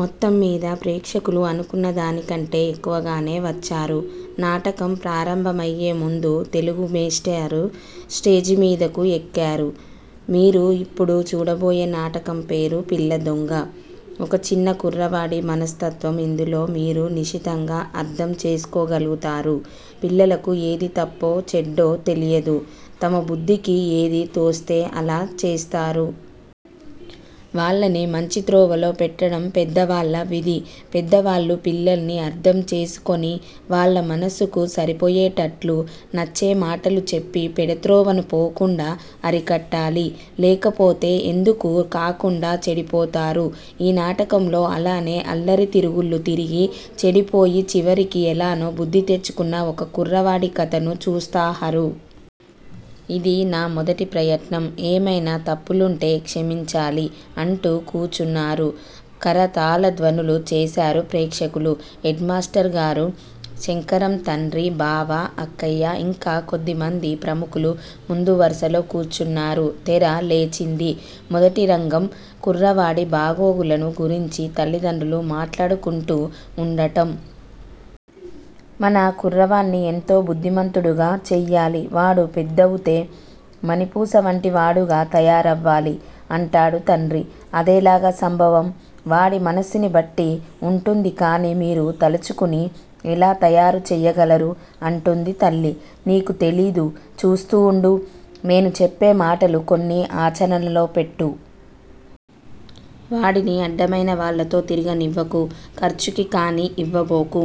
మొత్తంమీద ప్రేక్షకులు అనుకున్నదానికంటే ఎక్కువగానే వచ్చారు. నాటకం ప్రారంభమయ్యేముందు తెలుగుమేష్టారు స్టేజిమీదకు ఎక్కారు. మీరు యిప్పుడు చూడబోయే నాటకంపేరు పిల్లదొంగ. ఒక చిన్న కుర్రవాడి మనస్తత్వం యిందులో మీరు నిశితంగా అర్ధం చేసుకోగల్గుతారు. పిల్లలకు ఏది తప్పో, చెడ్డో తెలియదు. తమబుద్దికి ఏది తోస్తే అలా చేస్తారు. వాళ్ళని మంచి త్రోవలో పెట్టటం పెద్దవాళ్ళ విధి. పెద్దవాళ్ళు పిల్లల్ని అర్ధం చేసుకొని వాళ్ళమనస్సుకు సరిపోయేటట్లు నచ్చేమాటలు చెప్పి పెడత్రోవను పోకుండా అరికట్టాలి. లేకపోతే ఎందుకూ కాకుండా చెడిపోతారు. ఈ నాటకంలో అలానే అల్లరి తిరుగుళ్ళు తిరిగి చెడిపోయి చివరికి ఎలానో బుద్దితెచ్చుకున్న ఒక కుర్రవాడి కథను చూస్తాహరు. ఇది నా మొదటి ప్రయత్నం ఏమైనా తప్పులుంటే క్షమించాలి అంటూ కూచున్నారు. కరతాళధ్వనులు చేశారు ప్రేక్షకులు. హెడ్ మాస్టర్ గారు, శంకరం తండ్రి, బావ, అక్కయ్య ఇంకా కొద్దిమంది ప్రముఖులు ముందువరుసలో కూర్చున్నారు తెర లేచింది. మొదటి రంగం: కుర్రవాడి బాగోగులను గురించి తల్లిదండ్రులు మాట్లాడుకుంటూ వుండటం. మన కుర్రవాన్ని ఎంతో బుద్దిమంతుడుగా చెయ్యాలి. వాడు పెద్దవుతే మణిపూసవంటివాడుగా తయారవ్వాలి అంటాడు తండ్రి. అదెలాగ సంభవం? వాడి మనస్సుని బట్టి వుంటుంది కాని మీరు తలుచుకుని ఎలా తయారు చెయ్యగలరు? అంటుంది తల్లి. నీకు తెలీదు చూస్తూ వుండు. నేను చెప్పేమాటలు కొన్ని ఆచరణలోపెట్టు. వాడిని అడ్డమయినవాళ్ళతో తిరగనివ్వకు. ఖర్చుకి కాణీ యివ్వబోకు.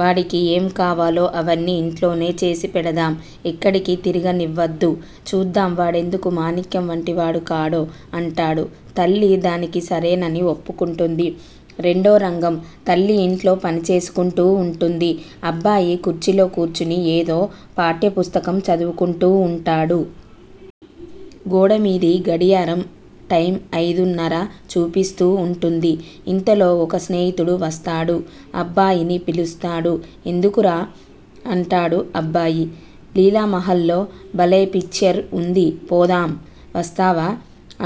వాడికి ఏంకావాలో అవన్నీ యింట్లోనే చేసిపెడదాం. ఎక్కడికీ తిరగనివ్వద్దు. చూద్దాం వాడెందుకు మాణిక్యం వంటివాడు కాడో! అంటాడు. తల్లి దానికి సరేనని ఒప్పుకుంటుంది. రెండో రంగం: తల్లి యింట్లో పనిచేసుకుంటూ వుంటుంది. అబ్బాయి కుర్చీలో కూర్చుని ఏదో పాఠ్యపుస్తకం చదువుకుంటూ వుంటాడు. గోడమీది గడియారం టైం అయిదున్నర చూపిస్తూ వుంటుంది. ఇంతలో ఒక స్నేహితుడు వస్తాడు. అబ్బాయిని పిలుస్తాడు. ఎందుకురా? అంటాడు అబ్బాయి. లీలామహల్లో బలే పిక్చర్ వుంది పోదాం వస్తావా?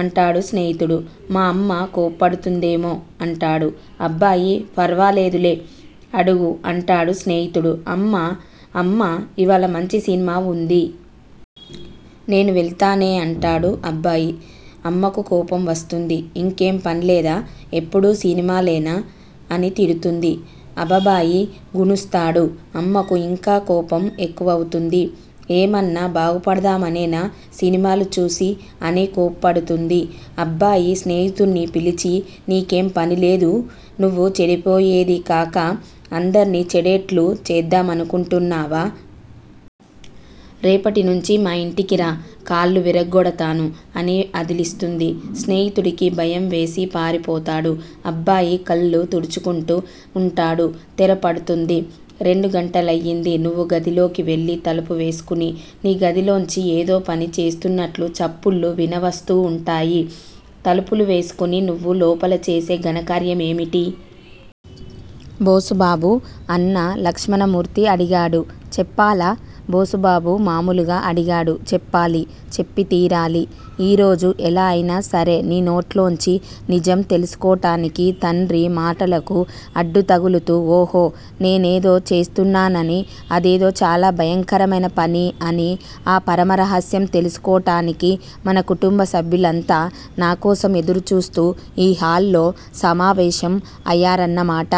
అంటాడు స్నేహితుడు. మా అమ్మ కోప్పడుతుందేమో అంటాడు. అబ్బాయి ఫర్వాలేదులే అడుగు అంటాడు స్నేహితుడు అమ్మా అమ్మా ఇవాళ మంచి సినిమా వుంది. నేను వెళ్తానే అంటాడు అబ్బాయి. అమ్మకు కోపం వస్తుంది. ఇంకేం పన్లేదా? ఎప్పుడూ సినిమాలేనా? అని తిడుతుంది. అబబాయి గునుస్తాడు. అమ్మకు యింకా కోపం ఎక్కువవుతుంది. ఏమన్నా బాగుపడదామనేనా సినిమాలు చూసి? అని కోప్పడుతుంది. అబ్బాయి స్నేహితున్ని పిలిచి నీకేం పనిలేదూ? నువ్వు చెడిపోయేది కాక అందర్నీ చెడేట్లు చేద్దామనుకుంటున్నావా? రేపటినుంచి మా యింటికిరా, కాళ్ళు విరగ్గొడతాను అని అదిలిస్తుంది. స్నేహితుడికి భయంవేసి పారిపోతాడు. అబ్బాయి కళ్ళు తుడుచుకుంటూ వుంటాడు. తెర పడుతుంది. రెండు గంటలయ్యింది నువ్వు గదిలోకి వెళ్ళి తలుపు వేసుకుని. నీ గదిలోంచి ఏదో పని చేస్తున్నట్లు చప్పుళ్లు వినవస్తూ వుంటాయి. తలుపులు వేసుకుని నువ్వు లోపల చేసే ఘనకార్యం ఏమిటి? బోసుబాబు అన్న లక్ష్మణమూర్తి అడిగాడు. చెప్పాలా? బోసుబాబు మామూలుగా అడిగాడు. చెప్పాలి! చెప్పి తీరాలి. ఈరోజు ఎలా అయినా సరే నీ నోట్లోంచి నిజం తెలుసుకోటానికి తండ్రి మాటలకు అడ్డుతగులుతూ ఓహో! నేనేదో చేస్తున్నానని అదేదో చాలా భయంకరమైన పని అని ఆ పరమరహస్యం తెలుసుకోటానికి మన కుటుంబ సభ్యులంతా నాకోసం ఎదురు చూస్తూ ఈ హాల్ లో సమావేశం అయ్యారన్నమాట!